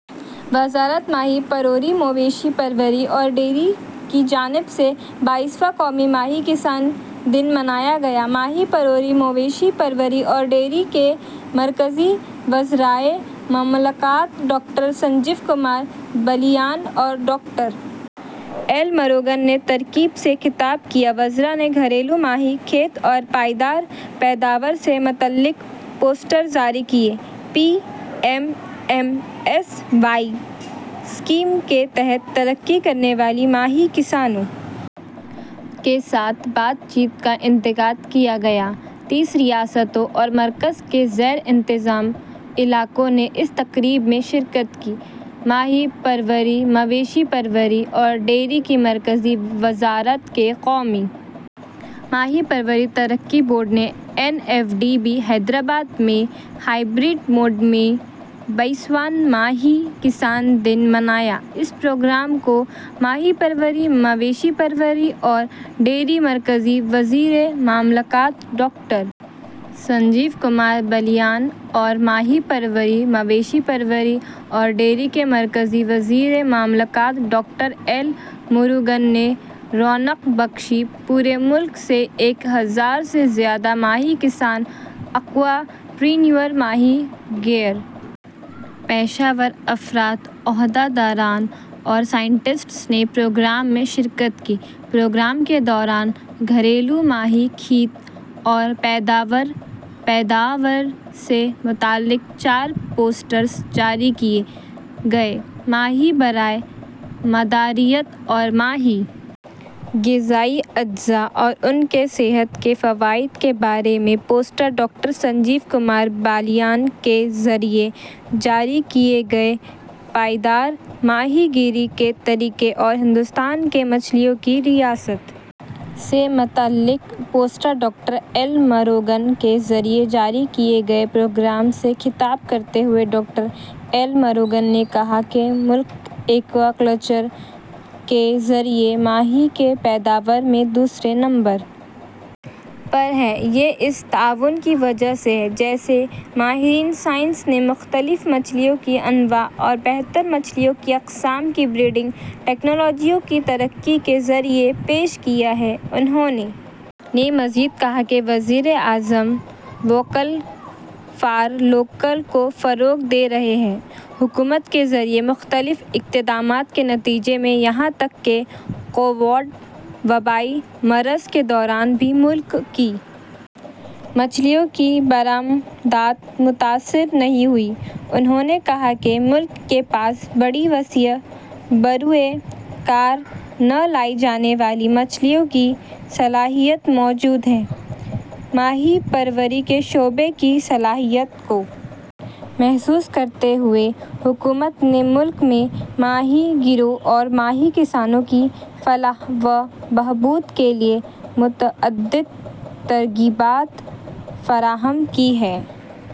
وزارت ماہی پروری مویشی پروری اور ڈیری کی جانب سے بائیسواں قومی ماہی کسان دن منایا گیا ماہی پروری مویشی پروری اور ڈیری کے مرکزی وزرائے مملکت ڈاکٹر سنجیو کمار بالیان اور ڈاکٹر ایل مروگن نے تقریب سے خطاب کیا وزرا نے گھریلو ماہی کھپت اور پائیدار پیداوار سے متعلق پوسٹرز جاری کیے P M M S Y scheme کے تحت ترقی کرنے والے ماہی کسانوں کے ساتھ بات چیت کا انعقاد کیا گیا تیس ریاستوں اور مرکز کے زیر انتظام علاقوں نے اس تقریب میں شرکت کی ماہی پروری مویشی پروری اور ڈیری کی مرکزی وزارت کے قومی ماہی پروری ترقی بورڈ نے N F D B Hyderabad میں ہائبرڈ موڈ میں بائیسواں ماہی کسان دن منایا اس پروگرام کو ماہی پروری مویشی پروری اور ڈیری کے مرکزی وزیر مملکت ڈاکٹر سنجیو کمار بالیان اور ماہی پروری مویشی پروری اور ڈیری کے مرکزی وزیر مملکت ڈاکٹر ایل مروگن نے رونق بخشی پورے ملک سے ایک ہزار سے زیادہ ماہی کسان ایکوا پرینیور ماہی گیر پیشہ ور افراد عہدے داران اور سائنسدانوں نے پروگرام میں شرکت کی پروگرام کے دوران گھریلو ماہی کھپت اور پائیدار پیداوار سے متعلق چار پوسٹرز جاری کیے گئے ماہی برائے مادریت اور ماہی غذائی اجزا اور ان کی صحت کے فوائد کے بارے میں پوسٹرز ڈاکٹر سنجیو کمار بالیان کے ذریعہ جاری کیے گئے اور پائیدار ماہی گیری کے طریقے اور ہندوستان کی مچھلیوں کی ریاست سے متعلق پوسٹرز ڈاکٹر ایل مروگن کے ذریعہ جاری کیے گئے پروگرام سے خطاب کرتے ہوئے ڈاکٹر ایل مروگن نے کہا کہ ملک ایکوا کلچر کے ذریعہ ماہی کی پیداوار میں دوسرے نمبر پر ہے یہ اس تعاون کی وجہ سے ہے جسے ماہرین سائنس نے مختلف مچھلیوں کی انواع اور بہتر مچھلیوں کی اقسام کی بریڈنگ ٹیکنالوجیوں کی ترقی کے ذریعہ پیش کیا ہے انہوں نے مزید کہا کہ وزیر اعظم ووکل فار لوکل کو فروغ دے رہے ہیں حکومت کے ذریعہ مختلف اقدامات کے نتیجے میں یہاں تک کہ کووڈ وبائی مرض کے دوران بھی ملک کی مچھلیوں کی برآمدات متاثر نہیں ہوئی انہوں نے کہا کہ ملک کے پاس بڑی وسیع بروئے کار نہ لائی جانے والی مچھلیوں کی صلاحیت موجود ہے ماہی پروری کے شعبے کی صلاحیت کو محسوس کرتے ہوئے حکومت نے ملک میں ماہی گیروں اور ماہی کسانوں کی فلاح و بہبود کے لیے متعدد ترغیبات فراہم کی ہیں